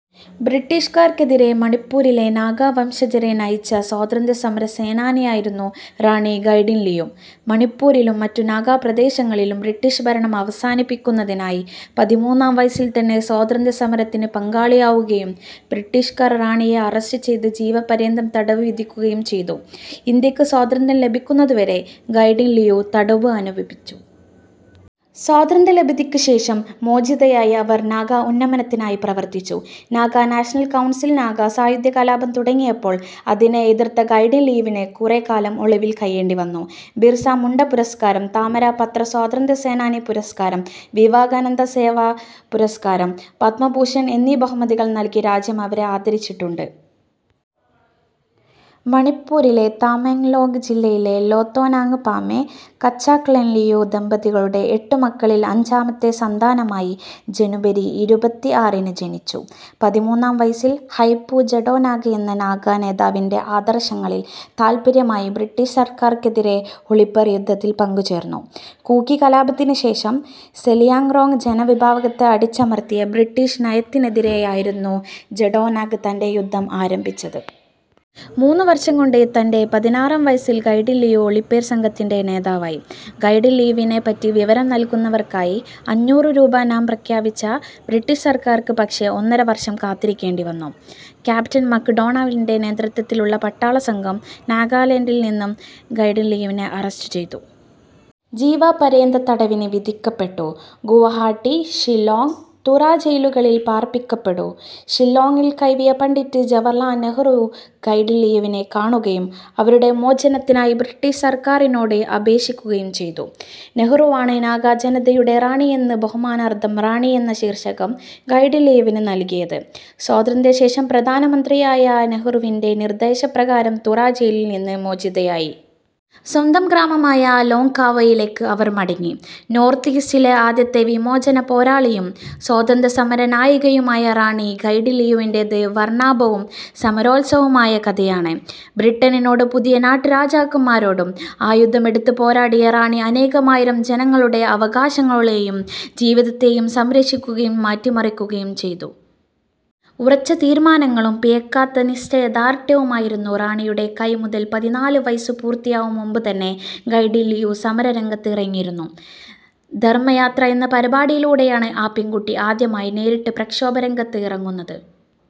ബ്രിട്ടീഷുകാർക്കെതിരെ മണിപ്പൂരിലെ നാഗാ വംശജരെ നയിച്ച സ്വാതന്ത്ര്യ സമര സേനാനിയായിരുന്നു റാണി ഗൈഡിൻലിയു. മണിപ്പൂരിലും മറ്റു നാഗാ പ്രദേശങ്ങളിലും ബ്രിട്ടീഷ് ഭരണം അവസാനിപ്പിക്കുന്നതിനായി പതിമൂന്നാം വയസ്സിൽ തന്നെ സ്വാതന്ത്ര്യ സമരത്തിൽ പങ്കാളിയാവുകയും, ബ്രിട്ടീഷുകാർ റാണിയെ അറസ്റ്റ് ചെയ്തു ജീവപര്യന്തം തടവ് വിധിക്കുകയും ചെയ്തു. ഇന്ത്യക്ക് സ്വാതന്ത്ര്യം ലഭിക്കുന്നത് വരെ ഗൈഡിൻലിയു തടവനുഭവിച്ചു. സ്വാതന്ത്ര്യലബ്ധിക്കു ശേഷം മോചിതയായ അവർ നാഗ ഉന്നമനത്തിനായി പ്രവർത്തിച്ചു. നാഗാ നാഷണൽ കൌൺസിൽ നാഗാ സായുധകലാപം തുടങ്ങിയാപ്പോൾ അതിനെ എതിർത്ത ഗൈഡിൻലിയുവിനു കുറെ കാലം ഒളിവിൽ കഴിയേണ്ടിയും വന്നു. ബിർസാ മുണ്ട പുരസ്കാരം, താമരപത്ര സ്വാതന്ത്ര്യ സേനാനി പുരസ്കാരം, വിവേകാനന്ദ സേവാ പുരസ്കാരം, പദ്മഭൂഷൺ എന്നീ ബഹുമതികൾ നൽകി രാജ്യം അവരെ ആദരിച്ചിട്ടുണ്ട്. മണിപ്പൂരിലെ താമെങ്ങ്ലോങ് ജില്ലയിൽ ലോതോനാങ് പാമേ, കച്ചക്ലെൻലിയു ദമ്പതികളുടെ എട്ടു മക്കളിൽ അഞ്ചാമത്തെ സന്താനമായി ജനുവരി ഇരുപത്തി ആറിന് ജനിച്ചു. പതിമൂന്നാം വയസിൽ ഹൈപൂ ജടോനാങ് എന്ന നാഗാ നേതാവിൻ്റെ ആദർശങ്ങളിൽ തല്പരയായി ബ്രിട്ടീഷ് സർക്കാരിനെതിരെ ഒളിപോർ യുദ്ധത്തിൽ പങ്കുചേർന്നു. കൂക്കി കലാപത്തിനു ശേഷം സെലിയാങ്റോങ് ജനവിഭാഗത്തെ അടിച്ചമർത്തിയ ബ്രിട്ടീഷ് നയത്തിനെതിരെയായിരുന്നു ജടോനാങ് തൻ്റെ യുദ്ധം ആരംഭിച്ചത്. മൂന്നു വർഷം കൊണ്ട് തൻ്റെ പതിനാറാം വയസിൽ ഗൈഡിൻലിയു ഒളിപോർ സംഘത്തിൻ്റെ നേതാവായി. ഗൈഡിൻലിയുവിനെ പറ്റി വിവരം നൽകുന്നവർക്കായി അഞ്ഞൂറ് രൂപ ഇനാം പ്രഖ്യാപിച്ച ബ്രിട്ടീഷ് സർക്കാരിന് പക്ഷെ ഒന്നര വർഷം കാത്തിരിക്കേണ്ടിവന്നു. ക്യാപ്റ്റൻ മക് ഡോണൽഡിൻ്റെ നേതൃത്ത്വത്തിലുള്ള പട്ടാള സംഘം നാഗാലാൻഡിൽ നിന്ന് ഗൈഡിൻലിയുവിനെ അറസ്റ്റ് ചെയ്തു. ജീവപര്യന്തതടവിനു വിധിക്കപ്പെട്ടു. ഗുവഹാട്ടി, ഷില്ലോങ്ങ്, തുറാ ജയിലുകളിൽ പാർപ്പിക്കപ്പെടു. ഷില്ലോങ്ങിൽ കഴിയവെ പണ്ഡിറ്റ് ജവഹർലാൽ നെഹ്റു ഗൈഡിൻലിയുവിനെ കാണുകയും അവരുടെ മോചനത്തിനായി ബ്രിട്ടീഷ് സർക്കാരിനോട് അപേക്ഷിക്കുകയും ചെയ്തു. നെഹ്റുവാണ് നാഗാ ജനതയുടെ റാണി എന്ന ബഹുമാനാർഥം 'റാണി' എന്ന ശീർഷകം ഗൈഡിൻലിയുവിനു നൽകിയത്. സ്വാതന്ത്ര്യ ശേഷം പ്രധാന മന്ത്രിയായ നെഹ്റുൻ്റെ നിർദ്ദേശപ്രകാരം തുറാ ജയിലിൽ നിന്ന് മോചിതയായി. സ്വന്തം ഗ്രാമമായ ലോങ്ങ്കാവോയിലേക്ക് അവർ മടങ്ങി. നോർത്ത് ഈസ്റ്റിലെ ആദ്യത്തെ വിമോചന പോരാളിയും സ്വാതന്ത്യ സമര നായികയുമായ റാണി ഗൈഡിൻലിയുവിൻ്റേത് വർണാഭവും സമരോത്സുകവുമായ കഥയാണ്, ബ്രിട്ടനോടും പുതിയ നാട്ട് രാജാക്കന്മാരോടും ആയുധം എടുത്ത് പോരാടിയ റാണി അനേകമായിരം ജനങ്ങളുടെ അവകാശങ്ങളേയും ജീവിതത്തേയും സംരക്ഷിക്കുകയും മാറ്റി മറിക്കുകയും ചെയ്തു. ഉറച്ച തീരുമാനങ്ങളും പിഴക്കാത്ത നിശ്ചയ ദാർഢ്യവുമായിരുന്നു റാണിയുടെ കൈമുതൽ, പതിനാല് വയസ്സ് പൂർത്തിയാവും മുമ്പ് തന്നെ ഗൈഡിൻ ലിയു സമര രംഗത്ത് ഇറങ്ങിയിരുന്നു, ധർമ്മയാത്ര എന്ന പരിപാടിയിലാണ് ആ പെൺകുട്ടി ആദ്യമായി നേരിട്ട് പ്രക്ഷോഭ രംഗത്ത് ഇറങ്ങുന്നത്.